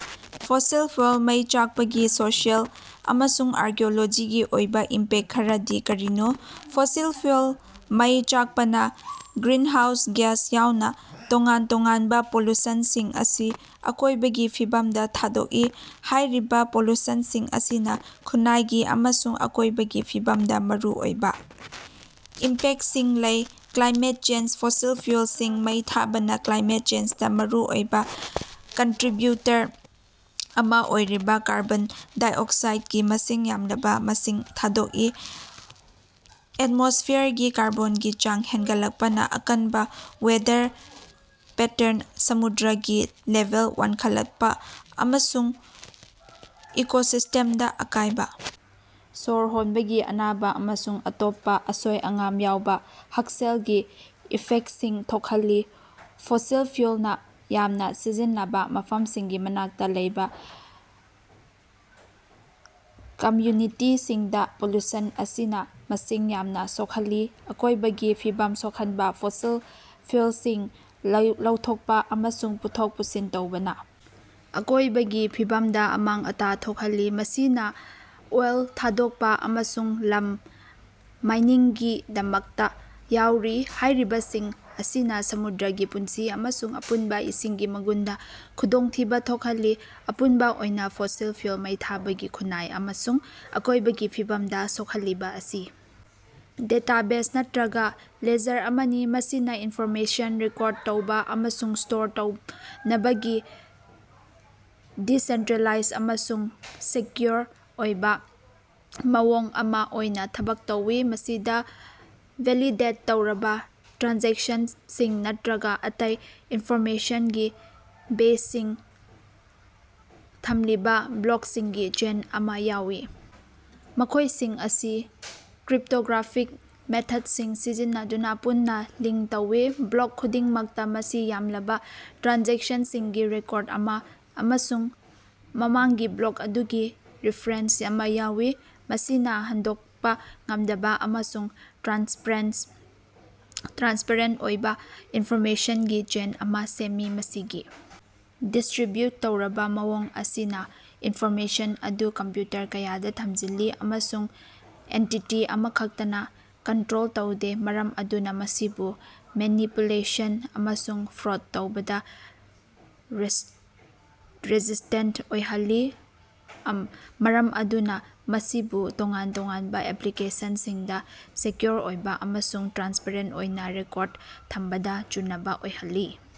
Fossil fuel ꯃꯩ ꯆꯥꯛꯄꯒꯤ social ꯑꯃꯁꯨꯡ ꯑꯥꯔꯀ꯭ꯌꯣꯂꯣꯖꯤꯒꯤ ꯑꯣꯏꯕꯥ ꯏꯝꯄꯦꯛ ꯈꯔꯗꯤ ꯀꯔꯤꯅꯣ? ꯐꯣꯁꯤꯜ ꯐ꯭ꯌꯨꯑꯦꯜ ꯃꯩ ꯆꯥꯛꯄꯅ ꯒ꯭ꯔꯤꯅꯍꯥꯎꯁ ꯒ꯭ꯌꯥꯁ ꯌꯥꯎꯅ ꯇꯣꯉꯥꯟ ꯇꯣꯉꯥꯟꯕ ꯄꯣꯂꯨꯁꯟꯁꯤꯡ ꯑꯁꯤ ꯑꯀꯣꯏꯕꯒꯤ ꯐꯤꯕꯝꯗ ꯊꯥꯗꯣꯛꯏ꯫ ꯍꯥꯏꯔꯤꯕ ꯄꯣꯂꯨꯁꯟꯁꯤꯡ ꯑꯁꯤꯅ ꯈꯨꯟꯅꯥꯏꯒꯤ ꯑꯃꯁꯨꯡ ꯑꯀꯣꯏꯕꯒꯤ ꯐꯤꯕꯝꯗ ꯃꯔꯨꯑꯣꯏꯕ ꯏꯝꯄꯦꯛꯇꯁꯤꯡ ꯂꯩ꯫ ꯀ꯭ꯂꯥꯏꯃꯦꯠ ꯆꯦꯟꯖ: ꯐꯣꯁꯤꯜ ꯐ꯭ꯌꯨꯑꯦꯜꯁꯤꯡ ꯃꯩ ꯊꯥꯕꯅ ꯀ꯭ꯂꯥꯏꯃꯦꯠ ꯆꯦꯟꯖꯗ ꯃꯔꯨꯑꯣꯏꯕ ꯀꯟꯇꯔꯤꯕ꯭ꯌꯨꯇꯔ ꯑꯃꯥ ꯑꯣꯏꯔꯤꯕꯥ ꯀꯥꯔꯕꯣꯟ ꯗꯥꯏꯑꯣꯛꯁꯥꯏꯗꯀꯤ ꯃꯁꯤꯡ ꯌꯥꯝꯂꯕ ꯃꯁꯤꯡ ꯊꯥꯗꯣꯛꯏ꯫ ꯑꯦꯠꯃꯣꯁ꯭ꯐꯤꯌꯔꯒꯤ ꯀꯥꯔꯕꯣꯟꯒꯤ ꯆꯥꯡ ꯍꯦꯟꯒꯠꯂꯛꯄꯅ ꯑꯀꯟꯕ ꯋꯦꯗꯔ ꯄꯦꯇ꯭ꯔꯟ, ꯁꯃꯨꯗ꯭ꯔꯒꯤ ꯂꯦꯚꯦꯜ ꯋꯥꯡꯈꯠꯂꯛꯄ ꯑꯃꯁꯨꯡ ꯏꯀꯣꯁꯤꯁ꯭ꯇꯦꯝꯁꯤꯡꯗ ꯑꯀꯥꯏꯕ ꯁꯣꯔ ꯍꯣꯟꯕꯒꯤ ꯑꯅꯥꯕ ꯑꯃꯁꯨꯡ ꯑꯇꯣꯞꯄ ꯑꯁꯣꯏ-ꯑꯉꯥꯝ ꯌꯥꯎꯕ ꯍꯛꯁꯦꯜꯒꯤ ꯏꯐꯦꯛꯇꯁꯤꯡ ꯊꯣꯛꯍꯜꯂꯤ꯫ ꯐꯣꯁꯤꯜ ꯐ꯭ꯌꯨꯑꯦꯜ ꯌꯥꯝꯅ ꯁꯤꯖꯤꯟꯅꯕ ꯃꯐꯝꯁꯤꯡꯒꯤ ꯃꯅꯥꯛꯇꯥ ꯂꯩꯕ ꯀꯝꯌꯨꯅꯤꯇꯤꯁꯤꯡꯗꯥ ꯄꯣꯂꯨꯁꯟ ꯑꯁꯤꯅꯥ ꯃꯁꯤꯡ ꯌꯥꯝꯅ ꯁꯣꯛꯍꯜꯂꯤ꯫ ꯑꯀꯣꯏꯕꯒꯤ ꯐꯤꯕꯝ ꯁꯣꯛꯍꯟꯕꯥ: ꯐꯣꯁꯤꯜ ꯐ꯭ꯌꯨꯑꯦꯂꯁꯤꯡ ꯂꯧꯊꯣꯛꯄ ꯑꯃꯁꯨꯡ ꯄꯨꯊꯣꯛ ꯄꯨꯁꯤꯟ ꯇꯧꯕꯅ ꯑꯀꯣꯏꯕꯒꯤ ꯐꯤꯕꯝꯗ ꯑꯃꯥꯡ-ꯑꯇꯥ ꯊꯣꯛꯍꯜꯂꯤ꯫ ꯃꯁꯤꯗ ꯑꯣꯏꯜ ꯊꯥꯗꯣꯛꯄ ꯑꯃꯁꯨꯡ ꯂꯝ ꯃꯥꯏꯅꯤꯡꯒꯤꯗꯃꯛꯇ ꯌꯥꯎꯔꯤ꯫ ꯍꯥꯏꯔꯤꯕꯁꯤꯡ ꯑꯁꯤꯅ ꯁꯃꯨꯗ꯭ꯔꯒꯤ ꯄꯨꯟꯁꯤ ꯑꯃꯁꯨꯡ ꯑꯄꯨꯟꯕ ꯏꯁꯤꯡꯒꯤ ꯃꯒꯨꯟꯗ ꯈꯨꯗꯣꯡꯊꯤꯕ ꯊꯣꯛꯍꯜꯂꯤ꯫ ꯑꯄꯨꯟꯕ ꯑꯣꯏꯅ ꯐꯣꯁꯤꯜ ꯐ꯭ꯌꯨꯑꯦꯜ ꯃꯩ ꯊꯥꯕꯒꯤ ꯈꯨꯟꯅꯥꯏ ꯑꯃꯁꯨꯡ ꯑꯀꯣꯏꯕꯒꯤ ꯐꯤꯕꯝꯗ ꯁꯣꯛꯍꯜꯂꯤꯕ ꯑꯁꯤ ꯗꯦꯇꯥꯕꯦꯖ ꯅꯠꯇ꯭ꯔꯒ ꯂꯦꯖꯔ ꯑꯃꯅꯤ꯫ ꯃꯁꯤꯅ ꯏꯟꯐꯣꯔꯃꯦꯁꯟ ꯔꯦꯀꯣꯔꯗ ꯇꯧꯕ ꯑꯃꯁꯨꯡ ꯁ꯭ꯇꯣꯔ ꯇꯧꯅꯕꯒꯤ ꯗꯤꯁꯦꯟꯇ꯭ꯔꯦꯂꯥꯏꯖ ꯑꯃꯁꯨꯡ ꯁꯦꯛꯌꯨꯑꯣꯔ ꯑꯣꯏꯕ ꯃꯑꯣꯡ ꯑꯃ ꯑꯣꯏꯅ ꯊꯕꯛ ꯇꯧꯏ꯫ ꯃꯁꯤꯗ ꯚꯦꯂꯤꯗꯦꯠ ꯇꯧꯔꯕ ꯇ꯭ꯔꯥꯟꯖꯦꯛꯁꯟꯁꯤꯡ ꯅꯠꯇ꯭ꯔꯒ ꯑꯇꯩ ꯏꯅꯐꯣꯔꯃꯦꯁꯟꯒꯤ ꯕꯦꯆꯁꯤꯡ ꯊꯝꯂꯤꯕ ꯕ꯭ꯂꯣꯛꯁꯤꯡꯒꯤ ꯆꯦꯟ ꯑꯃ ꯌꯥꯎꯏ꯫ ꯃꯈꯣꯏꯁꯤꯡ ꯑꯁꯤ ꯀ꯭ꯔꯤꯞꯇꯣꯒ꯭ꯔꯥꯐꯤꯛ ꯃꯦꯊꯗꯁꯤꯡ ꯁꯤꯖꯤꯟꯅꯗꯨꯅ ꯄꯨꯟꯅ ꯂꯤꯡ ꯇꯧꯏ꯫ ꯕ꯭ꯂꯣꯛ ꯈꯨꯗꯤꯡꯃꯛꯇ ꯃꯁꯤꯡ ꯌꯥꯝꯂꯕꯥ ꯇ꯭ꯔꯥꯟꯖꯦꯛꯁꯟꯁꯤꯡꯒꯤ ꯔꯦꯀꯣꯔꯗ ꯑꯃ ꯑꯃꯁꯨꯡ ꯃꯃꯥꯡꯒꯤ ꯕ꯭ꯂꯣꯛ ꯑꯗꯨꯒꯤ ꯔꯤꯐꯔꯦꯟꯁ ꯑꯃ ꯌꯥꯎꯏ꯫ ꯃꯁꯤꯅ ꯍꯣꯡꯗꯣꯛꯄ ꯉꯝꯗꯕ ꯑꯃꯁꯨꯡ ꯇ꯭ꯔꯥꯟꯁꯄꯔꯦꯟꯇ ꯑꯣꯏꯕ ꯏꯟꯐꯣꯔꯃꯦꯁꯟꯒꯤ ꯆꯦꯟ ꯑꯃ ꯁꯦꯝꯃꯤ꯫ ꯃꯁꯤꯒꯤ ꯗꯤꯁ꯭ꯇꯔꯤꯕ꯭ꯌꯨꯠ ꯇꯧꯔꯕ ꯃꯑꯣꯡ ꯑꯁꯤꯅ ꯏꯟꯐꯣꯔꯃꯦꯁꯟ ꯑꯗꯨ ꯀꯝꯞꯌꯨꯇꯔ ꯀꯌꯥꯗ ꯊꯝꯖꯤꯜꯂꯤ꯫ ꯑꯃꯁꯨꯡ ꯑꯦꯟꯇꯤꯇꯤ ꯑꯃꯈꯛꯇꯅ ꯀꯟꯇ꯭ꯔꯣꯜ ꯇꯧꯗꯦ꯫ ꯃꯔꯝ ꯑꯗꯨꯅ ꯃꯁꯤꯕꯨ ꯃꯦꯅꯤꯄꯨꯂꯦꯁꯟ ꯑꯃꯁꯨꯡ ꯐ꯭ꯔꯣꯗ ꯇꯧꯕꯗ ꯔꯦꯁꯤꯁ꯭ꯇꯦꯟꯇ ꯑꯣꯏꯍꯜꯂꯤ꯫ ꯃꯔꯝ ꯑꯗꯨꯅ ꯃꯁꯤꯕꯨ ꯇꯣꯉꯥꯟ-ꯇꯣꯉꯥꯟꯕ ꯑꯦꯞꯂꯤꯀꯦꯁꯟꯁꯤꯡꯗ ꯁꯦꯛꯌꯨꯑꯣꯔ ꯑꯣꯏꯕꯥ ꯑꯃꯁꯨꯡ ꯇ꯭ꯔꯥꯟꯁꯄꯔꯦꯟꯇ ꯑꯣꯏꯅ ꯔꯦꯀꯣꯔꯗ ꯊꯝꯕꯗꯥ ꯆꯨꯟꯅꯕ ꯑꯣꯏꯍꯜꯂꯤ꯫